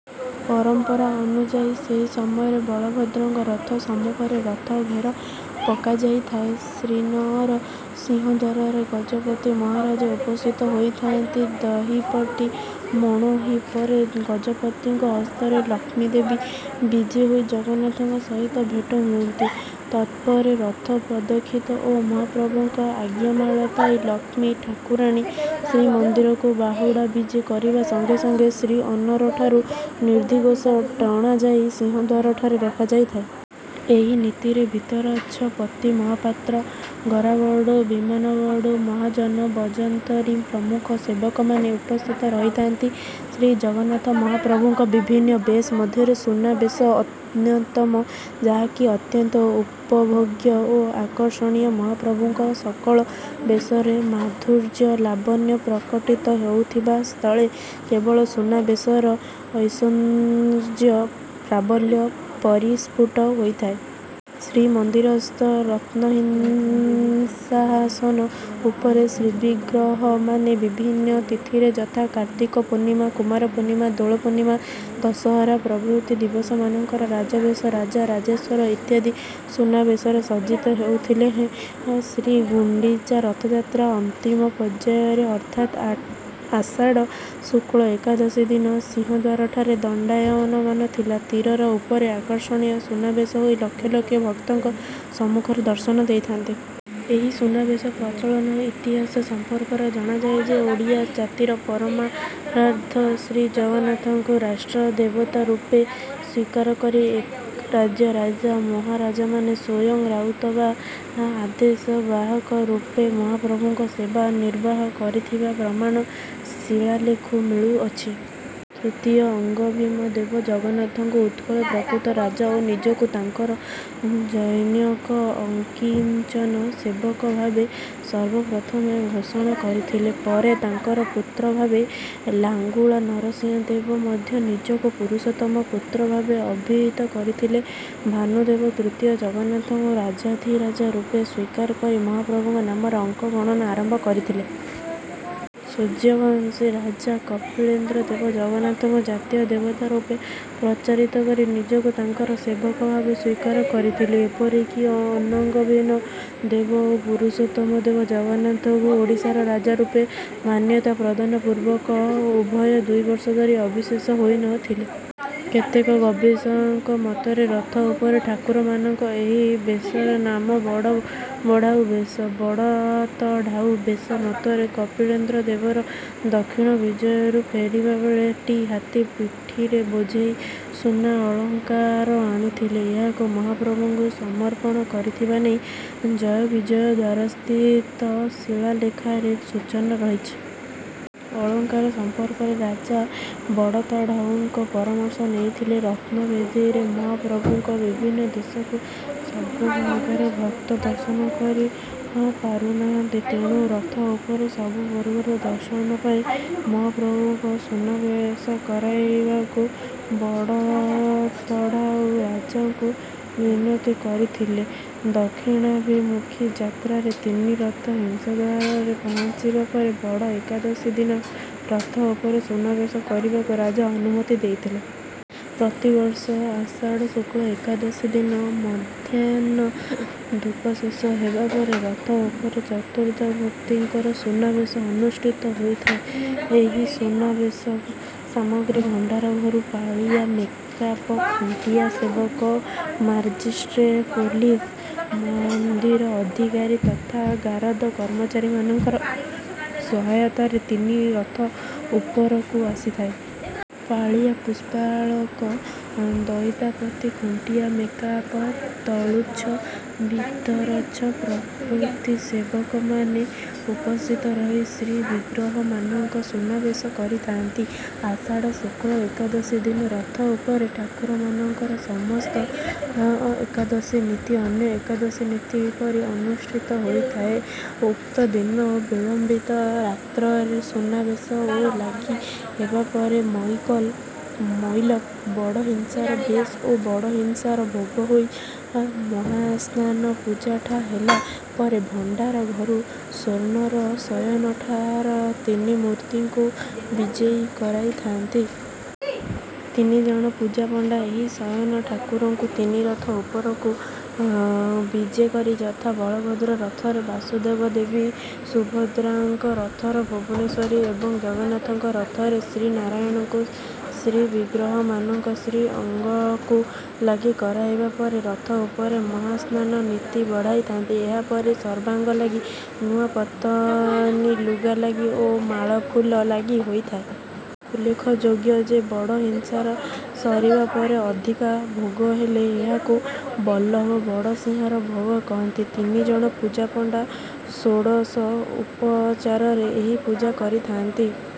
ପରମ୍ପରା ଅନୁଯାୟୀ ସେହି ସମୟରେ ବଳଭଦ୍ରଙ୍କ ରଥ ସମ୍ମୁଖରେ ରଥ ଘେର ପକାଯାଇଥାଏ। ଶ୍ରୀନଅର ସିଂହଦ୍ୱାରରେ ଗଜପତି ମହାରାଜା ଉପସ୍ଥିତ ହୋଇଥାନ୍ତି। ଦହିପଟି ମଣୋହି ପରେ ଗଜପତିଙ୍କ ହସ୍ତରେ ଲକ୍ଷ୍ମୀ ଦେବୀ ବିଜେ ହୋଇ ଜଗନ୍ନାଥଙ୍କ ସହିତ ଭେଟ ହୁଅନ୍ତି। ତତ୍ପରେ ରଥ ପ୍ରଦକ୍ଷିଣ ଓ ମହାପ୍ରଭୁଙ୍କ ଆଜ୍ଞାମାଳ ପାଇ ଲକ୍ଷ୍ମୀ ଠାକୁରାଣୀ ଶ୍ରୀମନ୍ଦିରକୁ ବାହୁଡା଼ ବିଜେ କରିବା ସଙ୍ଗେ ସଙ୍ଗେ ଶ୍ରୀନଅରଠାରୁ ନନ୍ଦିଘୋଷ ଟଣା ଯାଇ ସିଂହଦ୍ୱାରଠାରେ ରଖାଯାଇଥାଏ। ଏହି ନୀତିରେ ଭିତରଚ୍ଛ, ପତି ମହାପାତ୍ର, ଗରାବଡ଼ୁ, ବିମାନବଡ଼ୁ, ମହାଜନ, ବଜନ୍ତରୀ ପ୍ରମୁଖ ସେବକମାନେ ଉପସ୍ଥିତ ରହିଥାନ୍ତି। ଶ୍ରୀଜଗନ୍ନାଥ ମହାପ୍ରଭୁଙ୍କ ବିଭିନ୍ନ ବେଶ ମଧ୍ୟରେ ସୁନା ବେଶ ଅନ୍ୟତମ, ଯାହାକି ଅତ୍ୟନ୍ତ ଉପଭୋଗ୍ୟ ଓ ଆକର୍ଷଣୀୟ। ମହାପ୍ରଭୁଙ୍କ ସକଳ ବେଶରେ ମାଧୁର୍ଯ୍ୟ ଲାବଣ୍ୟ ପ୍ରକଟିତ ହେଉଥିବା ସ୍ଥଳେ, କେବଳ ସୁନା ବେଶରେ ଐଶ୍ୱର୍ଯ୍ୟ ପ୍ରାବଲ୍ୟ ପରିସ୍ଫୁଟ ହୋଇଥାଏ। ଶ୍ରୀମନ୍ଦିରସ୍ଥ ରତ୍ନସିଂହାସନ ଉପରେ ଶ୍ରୀବିଗ୍ରହମାନେ ବିଭିନ୍ନ ତିଥିରେ ଯଥା: କାର୍ତ୍ତିକ ପୂର୍ଣ୍ଣିମା, କୁମାର ପୂର୍ଣ୍ଣିମା, ଦୋଳ ପୂର୍ଣ୍ଣିମା, ଦଶହରା ପ୍ରଭୃତି ଦିବସମାନଙ୍କରେ ରାଜବେଶ, ରାଜା ରାଜେଶ୍ୱର ଇତ୍ୟାଦି ସୁନାବେଶରେ ସଜ୍ଜିତ ହେଉଥିଲେ ହେଁ ଶ୍ରୀଗୁଣ୍ଡିଚା ରଥଯାତ୍ରାର ଅନ୍ତିମ ପର୍ଯ୍ୟାୟରେ ଅର୍ଥାତ ଆଷାଢ଼ ଶୁକ୍ଲ ଏକାଦଶୀ ଦିନ ସିଂହଦ୍ୱାରଠାରେ ଦଣ୍ଡାୟମାନ ଥିବା ତ୍ରିରଥ ଉପରେ ଆକର୍ଷଣୀୟ ସୁନାବେଶ ହୋଇ ଲକ୍ଷ ଲକ୍ଷ ଭକ୍ତଙ୍କ ସମ୍ମୁଖରେ ଦର୍ଶନ ଦେଇଥାନ୍ତି। ଏହି ସୁନାବେଶ ପ୍ରଚଳନର ଇତିହାସ ସମ୍ପର୍କରେ ଜଣାଯାଏ ଯେ, ଓଡ଼ିଆ ଜାତିର ପରମାରାଧ୍ୟ ଶ୍ରୀଜଗନ୍ନାଥଙ୍କୁ ରାଷ୍ଟ୍ର ଦେବତା ରୂପେ ସ୍ୱୀକାର କରି ଏ ରାଜ୍ୟର ରାଜା ମହାରାଜାମାନେ ସ୍ୱୟଂ ରାଉତ ବା ଆଦେଶ ବାହକ ରୂପେ ମହାପ୍ରଭୁଙ୍କ ସେବା ନିର୍ବାହ କରିଥିବା ପ୍ରମାଣ ଶିଳାଲେଖରୁ ମିଳୁଅଛି। ତୃତୀୟ ଅନଙ୍ଗଭୀମ ଦେବ ଜଗନ୍ନାଥଙ୍କୁ ଉତ୍କଳର ପ୍ରକୃତ ରାଜା ଓ ନିଜକୁ ତାଙ୍କର ଜନୈକ ଅକିଞ୍ଚନ ସେବକ ଭାବେ ସର୍ବପ୍ରଥମେ ଘୋଷଣା କରିଥିଲେ। ପରେ ତାଙ୍କ ପୁତ୍ର ଭାବେ ଲାଙ୍ଗୁଳା ନରସିଂହ ଦେବ ମଧ୍ୟ ନିଜକୁ ପୁରୁଷୋତ୍ତମ ପୁତ୍ର ଭାବେ ଅଭିହିତ କରିଥିଲେ। ଭାନୁଦେବ ତୃତୀୟ ଜଗନ୍ନାଥଙ୍କୁ ରାଜାଧିରାଜ ରୂପେ ସ୍ୱୀକାର କରି ମହାପ୍ରଭୁଙ୍କ ନାମରେ ଅଙ୍କ ଗଣନା ଆରମ୍ଭ କରିଥିଲେ। ସୂର୍ଯ୍ୟବଂଶୀ ରାଜା କପିଳେନ୍ଦ୍ର ଦେବ ଜଗନ୍ନାଥଙ୍କୁ ଜାତୀୟ ଦେବତା ରୂପେ ପ୍ରଚାରିତ କରି ନିଜକୁ ତାଙ୍କର ସେବକ ଭାବେ ସ୍ୱୀକାର କରିଥିଲେ। ଏପରିକି ଅନଙ୍ଗଭୀନ ଦେବ ଓ ପୁରୁଷୋତ୍ତମ ଦେବ ଜଗନ୍ନାଥଙ୍କୁ ଓଡ଼ିଶାର ରାଜା ରୂପେ ମାନ୍ୟତା ପ୍ରଦାନ ପୂର୍ବକ ଉଭୟ ଦୁଇବର୍ଷ ଧରି ଅଭିଷେକ ହୋଇନଥିଲେ। କେତେକ ଗବେଷକଙ୍କ ମତରେ ରଥ ଉପରେ ଠାକୁରମାନଙ୍କ ଏହି ବେଶର ନାମ ବଡ଼ ବଢା଼ଉ ବେଶ। ବଡ଼ତଢାଉ ବେଶ ମତରେ କପିଳେନ୍ଦ୍ର ଦେବ ରେ ଦକ୍ଷିଣ ବିଜୟରୁ ଫେରିବା ବେଳେ ଟି ହାତୀ ପିଠିରେ ବୋଝେଇ ସୁନାଅଳଙ୍କାର ଆଣିଥିଲେ ଏହାକୁ ମହାପ୍ରଭୁଙ୍କୁ ସମର୍ପଣ କରିଥିବା ନେଇ ଜୟବିଜୟ ଦ୍ୱାରସ୍ଥିତ ଶିଳାଲେଖରେ ସୂଚନା ରହିଛି। ଅଳଙ୍କାର ସମ୍ପର୍କରେ ରାଜା ବଡ଼ତଢାଉଙ୍କ ପରାମର୍ଶ ନେଇଥିଲେ। ରତ୍ନବେଦିରେ ମହାପ୍ରଭୁଙ୍କ ବିଭିନ୍ନ ବେଶକୁ ସବୁବର୍ଗରେ ଭକ୍ତ ଦର୍ଶନ କରି ପାରୁନାହାନ୍ତି ତେଣୁ ରଥ ଉପରେ ସବୁବର୍ଗର ଦର୍ଶନ ପାଇଁ ମହାପ୍ରଭୁଙ୍କ ସୁନାବେଶ କରେଇବାକୁ ବଡ଼ତଢାଉ ରାଜାଙ୍କୁ ବିନତି କରିଥିଲେ। ଦକ୍ଷିଣାଭିମୁଖୀ ଯାତ୍ରାରେ ତିନି ରଥ ସିଂହଦ୍ୱାରରେ ପହଞ୍ଚିବା ପରେ ବଡ଼ ଏକାଦଶୀ ଦିନ ରଥ ଉପରେ ସୁନାବେଶ କରିବାକୁ ରାଜା ଅନୁମତି ଦେଇଥିଲେ। ପ୍ରତିବର୍ଷ ଆଷାଢ଼ ଶୁକ୍ଳ ଏକାଦଶୀ ଦିନ ମଧ୍ୟାହ୍ନ ଧୂପ ଶେଷ ହେବା ପରେ ରଥ ଉପରେ ଚତୁର୍ଦ୍ଧାମୂର୍ତ୍ତିଙ୍କର ସୁନା ବେଶ ଅନୁଷ୍ଠିତ ହୋଇଥାଏ। ଏହି ସୁନା ବେଶ ସାମଗ୍ରୀ ଭଣ୍ଡାର ଘରୁ ପାଳିଆ ମେକାପ, ଖୁଣ୍ଟିଆ ସେବକ, ମାଜିଷ୍ଟ୍ରେଟ, ପୋଲିସ, ମନ୍ଦିର ଅଧିକାରୀ ତଥା ଗାରଦ କର୍ମଚାରୀମାନଙ୍କ ସହାୟତାରେ ତିନି ରଥ ଉପରକୁ ଆସିଥାଏ। ପାଳିଆ ପୁଷ୍ପାଳକ, ଦଇତାପତି, ଖୁଣ୍ଟିଆ ମେକାପ, ତଳୁଚ୍ଛ, ଭିତରଚ୍ଛ ପ୍ରଭୃତି ସେବକମାନେ ଉପସ୍ଥିତ ରହି ଶ୍ରୀବିଗ୍ରହମାନଙ୍କ ସୁନାବେଶ କରିଥାନ୍ତି। ଆଷାଢ଼ ଶୁକ୍ଳ ଏକାଦଶୀ ଦିନ ରଥ ଉପରେ ଠାକୁରମାନଙ୍କର ସମସ୍ତ ଏକାଦଶୀ ନୀତି ଅନ୍ୟ ଏକଦଶୀ ନୀତି ପରି ଅନୁଷ୍ଠିତ ହୋଇଥାଏ। ଉକ୍ତଦିନ ବିଳମ୍ବିତ ରାତ୍ରରେ ସୁନାବେଶ ଓଲାଗି ହେବାପରେ ମଇଲମ, ବଡ଼ସିଂହାର ବେଶ ଓ ବଡ଼ସିଂହାର ଭୋଗ ହୋଇ ମହାସ୍ନାନ, ପୂଜା ଠା' ହେଲା ପରେ ଭଣ୍ଡାର ଘରୁ ସ୍ୱର୍ଣ୍ଣ୍ଣର ଶୟନ ଠାକୁର ତିନି ମୂର୍ତ୍ତିଙ୍କୁ ବିଜେ କରାଇଥାନ୍ତି। ତିନିଜଣ ପୂଜାପଣ୍ଡା ଏହି ଶୟନ ଠାକୁରଙ୍କୁ ତିନି ରଥ ଉପରକୁ ବିଜେ କରି ଯଥା ବଳଭଦ୍ର ରଥରେ ବାସୁଦେବ, ଦେବୀ ସୁଭଦ୍ରାଙ୍କ ରଥରେ ଭୁବନେଶ୍ୱରୀ ଏବଂ ଜଗନ୍ନାଥଙ୍କ ରଥରେ ଶ୍ରୀନାରାୟଣଙ୍କୁ ଶ୍ରୀବିଗ୍ରହମାନଙ୍କ ଶ୍ରୀଅଙ୍ଗକୁ ଲାଗି କରାଇବା ପରେ ରଥ ଉପରେ ମହାସ୍ନାନ ନୀତି ବଢ଼ାଇଥାନ୍ତି। ଏହାପରେ ସର୍ବାଙ୍ଗ ଲାଗି, ନୂଆ ପତନି ଲୁଗା ଲାଗି ଓ ମାଳଫୁଲ ଲାଗି ହୋଇଥାଏ। ଉଲ୍ଲେଖଯୋଗ୍ୟ ଯେ, ବଡ଼ସିଂହାର ସରିବା ପରେ ଅଧିକା ଭୋଗ ହେଲେ ଏହାକୁ ବଲ୍ଲଭ ବଡ଼ସିଂହାର ଭୋଗ କହନ୍ତି। ତିନିଜଣ ପୂଜାପଣ୍ଡା ଷୋଡ଼ଶ ଉପଚାରରେ ଏହି ପୂଜା କରିଥାନ୍ତି।